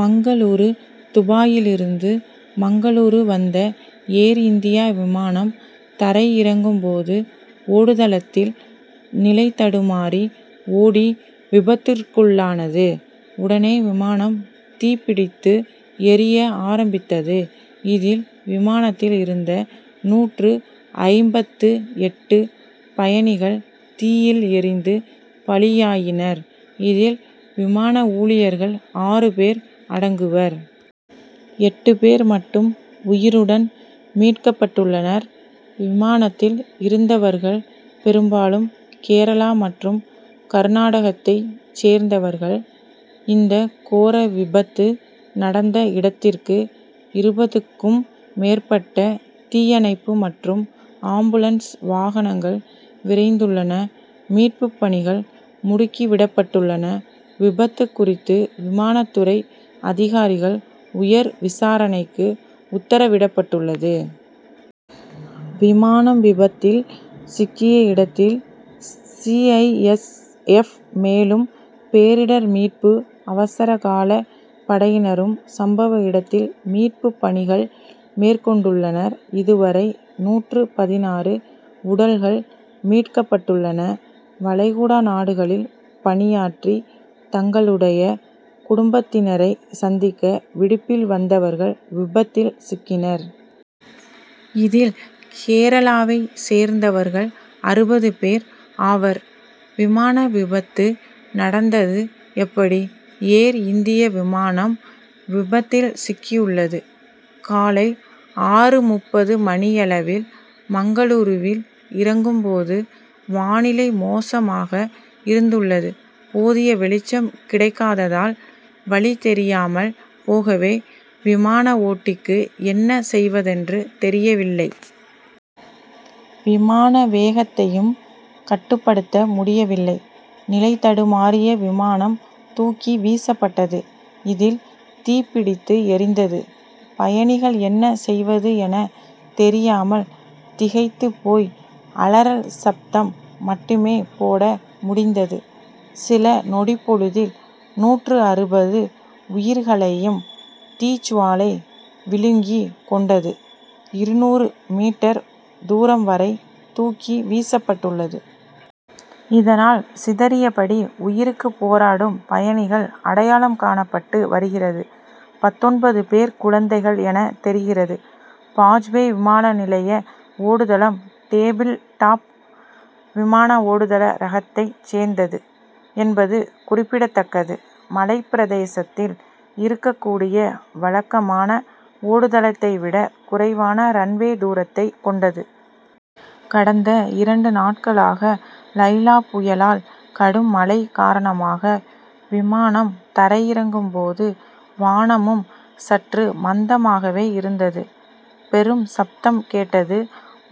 மங்களூரூ துபாயிலிருந்து மங்களூரூ வந்த ஏர் இந்தியா விமானம் தரை இறங்கும்போது ஓடுதளத்தில் நிலை தடுமாறி ஓடி விபத்திற்குள்ளானது. உடனே விமானம் தீப்பிடித்து எரிய ஆரம்பித்தது. இதில் விமானத்தில் இருந்த நூற்று ஐம்பத்து எட்டு பயணிகள் தீயில் எரிந்து பலியாயினர். இதில் விமான ஊழியர்கள் ஆறு பேர் அடங்குவர். எட்டு பேர் மட்டும் உயிருடன் மீட்கப்பட்டுள்ளனர். விமானத்தில் இருந்தவர்கள் பெரும்பாலும் கேரளா மற்றும் கர்நாடகத்தைச் சேர்ந்தவர்கள். இந்த கோர விபத்து நடந்த இடத்திற்கு இருபதுக்கும் மேற்பட்ட தீயணைப்பு மற்றும் ஆம்புலன்ஸ் வாகனங்கள் விரைந்துள்ளன. மீட்புப் பணிகள் முடுக்கி விடப்பட்டுள்ளன. விபத்து குறித்து விமான துறை அதிகாரிகள் உயர் விசாரணைக்கு உத்தரவிடப்பட்டுள்ளது. விமானம் விபத்தில் சிக்கிய இடத்தில் சி. ஐ. எஸ். எப். மேலும் பேரிடர் மீட்பு அவசரகால படையினரும் சம்பவ இடத்தில் மீட்பு பணிகள் மேற்கொண்டுள்ளனர். இதுவரை நூற்று பதினாறு உடல்கள் மீட்கப்பட்டுள்ளன. வளைகுடா நாடுகளில் பணியாற்றி தங்களுடைய குடும்பத்தினரை சந்திக்க விடுப்பில் வந்தவர்கள் விபத்தில் சிக்கினர். இதில் கேரளாவை சேர்ந்தவர்கள் அறுபது பேர் ஆவர். விமான விபத்து நடந்தது எப்படி? ஏர் இந்திய விமானம் விபத்தில் சிக்கியுள்ளது. காலை ஆறு முப்பது மணியளவில் மங்களூருவில் இறங்கும்போது வானிலை மோசமாக இருந்துள்ளது. போதிய வெளிச்சம் கிடைக்காதததால் வழி தெரியாமல் போகவே விமான ஓட்டிக்கு என்ன செய்வதென்று தெரியவில்லை. விமான வேகத்தையும் கட்டுப்படுத்த முடியவில்லை. நிலைதடுமாறிய விமானம் தூக்கி வீசப்பட்டது. இதில் தீப்பிடித்து எரிந்தது. பயணிகள் என்ன செய்வது என தெரியாமல் திகைத்து போய் அலறல் சப்தம் மட்டுமே போட முடிந்தது. சில நொடிப்பொழுதில் நூற்று அறுபது உயிர்களையும் தீச்சுவாலை விழுங்கி கொண்டது. இருநூறு மீட்டர் தூரம் வரை தூக்கி வீசப்பட்டுள்ளது. இதனால் சிதறியபடி உயிருக்கு போராடும் பயணிகள் அடையாளம் காணப்பட்டு வருகிறது. பத்தொன்பது பேர் குழந்தைகள் என தெரிகிறது. பாஜ்பே விமான நிலைய ஓடுதளம் டேபிள் டாப் விமான ஓடுதள ரகத்தைச் சேர்ந்தது என்பது குறிப்பிடத்தக்கது. மலைப்பிரதேசத்தில் இருக்கக்கூடிய வழக்கமான ஓடுதளத்தை விட குறைவான ரன்வே தூரத்தை கொண்டது. கடந்த இரண்டு நாட்களாக லைலா புயலால் கடும் மழை காரணமாக விமானம் தரையிறங்கும் போது வானமும் சற்று மந்தமாகவே இருந்தது. பெரும் சப்தம் கேட்டது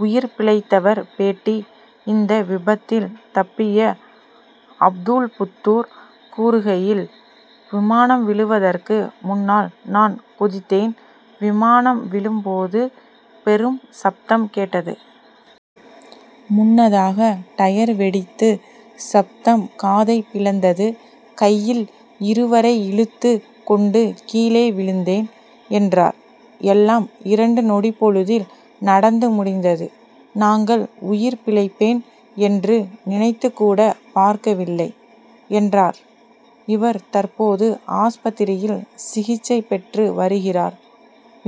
உயிர் பிழைத்தவர் பேட்டி இந்த விபத்தில் தப்பிய அப்துல்புத்தூர் கூறுகையில் விமானம் விழுவதற்கு முன்னால் நான் குதித்தேன். விமானம் விழும் போது பெரும் சப்தம் கேட்டது. முன்னதாக டயர் வெடித்து சப்தம் காதை பிளந்தது. கையில் இருவரை இழுத்து கொண்டு கீழே விழுந்தேன் என்றார். எல்லாம் இரண்டு நொடிப்பொழுதில் நடந்து முடிந்தது. நாங்கள் உயிர் பிழைப்பேன் என்று நினைத்துகூட பார்க்கவில்லை என்றார். இவர் தற்போது ஆஸ்பத்திரியில் சிகிச்சை பெற்று வருகிறார்.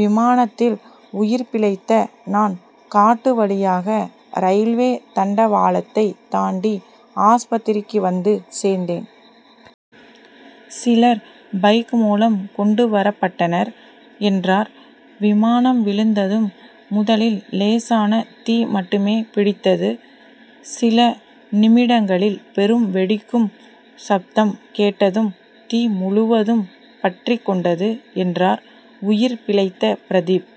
விமானத்தில் உயிர்பிழைத்த நான் காட்டு வழியாக ரயில்வே தண்டவாளத்தை தாண்டி ஆஸ்பத்திரிக்கு வந்து சேர்ந்தேன். சிலர் பைக் மூலம் கொண்டு வரப்பட்டனர் என்றார். விமானம் விழுந்ததும் முதலில் லேசான தீ மட்டுமே பிடித்தது. சில நிமிடங்களில் பெரும் வெடிக்கும் சப்தம் கேட்டதும் தீ முழுவதும் பற்றிக்கொண்டது என்றார் உயிர் பிழைத்த பிரதீப்.